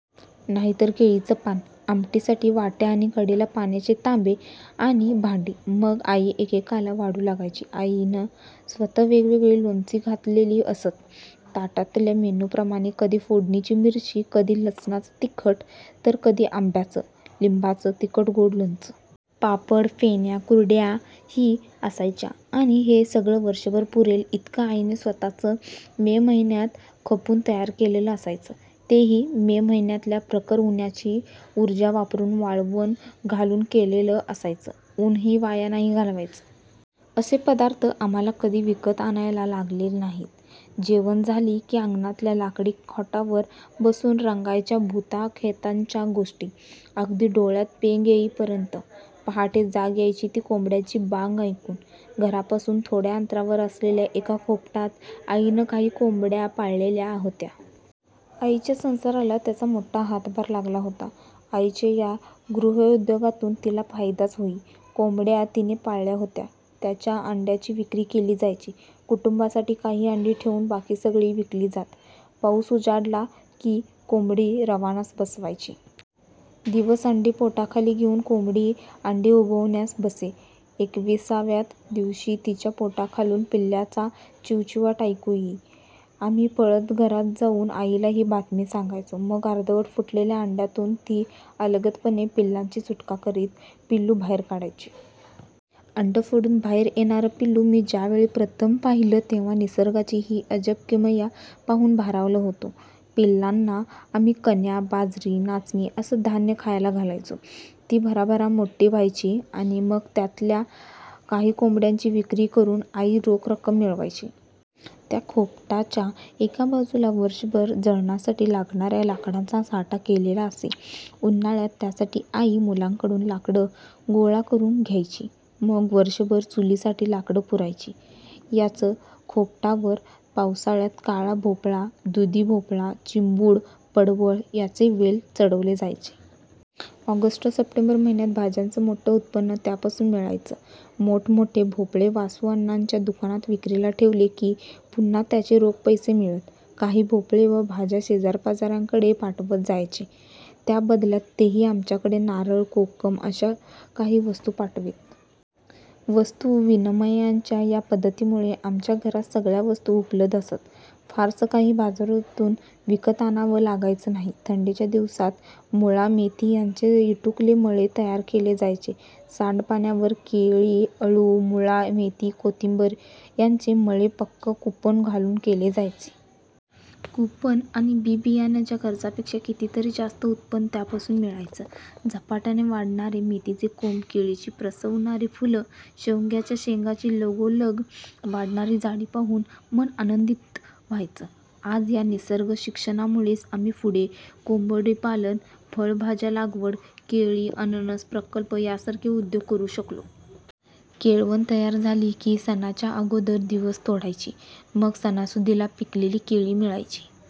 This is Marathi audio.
नाहीतर केळीची पानं. आमटीसाठी वाट्या आणि कडेला पाण्याचे तांबे आणि भांडी. मग आई एकेकाला वाढू लागायची. आईनं स्वत: वेगवेगळी लोणची घातलेली असत. ताटातल्या मेन्यूप्रमाणं कधी फोडणीची मिरची, कधी लसणाचं तिखट, तर कधी आंब्याचं, लिंबाचं तिखट-गोड लोणचं. पापड, फेण्या, कुरडयाही असायच्या. आणि हे सगळं वर्षभर पुरेल इतकं आईने स्वत:च मे महिन्यात खपून तयार केलेलं असायचं. तेही मे महिन्यातल्या प्रखर उन्हाची ऊर्जा वापरून वाळवण घालून केलेलं असायचं. ऊनही वाया नाही घालवायचं! असे पदार्थ आम्हांला कधी विकत आणायला लागले नाहीत. जेवणं झाली की अंगणातल्या लाकडी कॉटवर बसून रंगायच्या भूता-खेतांच्या गोष्टी, अगदी डोळ्यात पेंग येईपर्यंत! पहाटे जाग यायची ती कोंबड्याची बांग ऐकून. घरापासून थोड्या अंतरावर असलेल्या एका खोपटात आईने काही कोंबड्या पाळलेल्या होत्या. आईच्या संसाराला त्यांचा मोठा हातभार लागला होता. आईच्या या गृहोद्योगातून तिला फायदाच होई. कोंबड्या तिने पाळल्या होत्या. त्यांच्या अंड्यांची विक्री केली जायची. कुटुंबासाठी काही अंडी ठेवून बाकी सगळी विकली जात. पाऊस उजाडला की, कोंबडी रवणास बसवायची. दिवस अंडी पोटाखाली घेऊन कोंबडी अंडी उबवण्यास बसे. एकविसाव्या दिवशी तिच्या पोटाखालून पिल्लांचा चिवचिवाट ऐकू येई. आम्ही पळत घरात जाऊन आईला ही बातमी सांगायचो. मग अर्धवट फुटलेल्या अंड्यातून ती अलगदपणे पिल्लाची सुटका करीत पिल्लू बाहेर काढायची. अंडं फोडून बाहेर येणारं पिल्लू मी ज्यावेळी प्रथम पाहिलं तेव्हा निसर्गाची ही अजब किमया पाहून भारावलो होतो. पिल्लांना आम्ही कण्या, बाजरी, नाचणी असं धान्य खायला घालायचो. ती भराभरा मोठी व्हायची आणि मग त्यातल्या काही कोंबड्यांची विक्री करून आई रोख रक्कम मिळवायची. त्या खोपटाच्या एका बाजूला वर्षभर जळणासाठी लागणा-या लाकडाचा साठा केलेला असे. उन्हाळ्यात त्यासाठी आई मुलांकडून लाकडं गोळा करून घ्यायची. मग वर्षभर चुलीसाठी लाकडं पुरायची. याच खोपटावर पावसाळ्यात काळा भोपळा, दुधी भोपळा, चिबूड, पडवळ यांचे वेल चढवले जायचे. ऑगस्ट, सप्टेंबर महिन्यात भाज्यांचं मोठं उत्पन्न त्यापासून मिळायचं. मोठमोठे भोपळे वासुअण्णांच्या दुकानात विक्रीला ठेवले की, पुन्हा त्याचे रोख पैसे मिळत. काही भोपळे व भाज्या शेजारपाजा-यांकडे पाठवत जायचे. त्या बदल्यात तेही आमच्याकडे नारळ, कोकम अशा काही वस्तू पाठवीत. वस्तू-विनिमयाच्या या पद्धतीमुळे आमच्या घरात सगळ्या वस्तू उपलब्ध असत. फारसं काही बाजारातून विकत आणावं लागायचं नाही. थंडीच्या दिवसात मुळा, मेथी यांचे इटुकले मळे तयार केले जायचे. सांडपाण्यावर केळी, अळू, मुळा, मेथी, कोथिंबीर यांचे मळे पक्कं कुंपण घालून केले जायचे. कुंपण आणि बी-बियाणांच्या खर्चापेक्षा कितीतरी जास्त उत्पन्न त्यापासून मिळायचं. झपाट्यानं वाढणारे मेथीचे कोंब, केळीची प्रसवणारी फुलं, शेवग्याच्या शेंगांची लगोलग वाढणारी जाडी पाहून मन आनंदित व्हायचं. आज या निसर्गशिक्षणामुळेच आम्ही पुढे कोंबडीपालन, फळभाज्या लागवड, केळी, अननस प्रकल्प यासारखे उद्योग करू शकलो. केळवण तयार झाली की सणाच्या अगोदर दिवस तोडायची. मग सणासुदीला पिकलेली केळी मिळायची.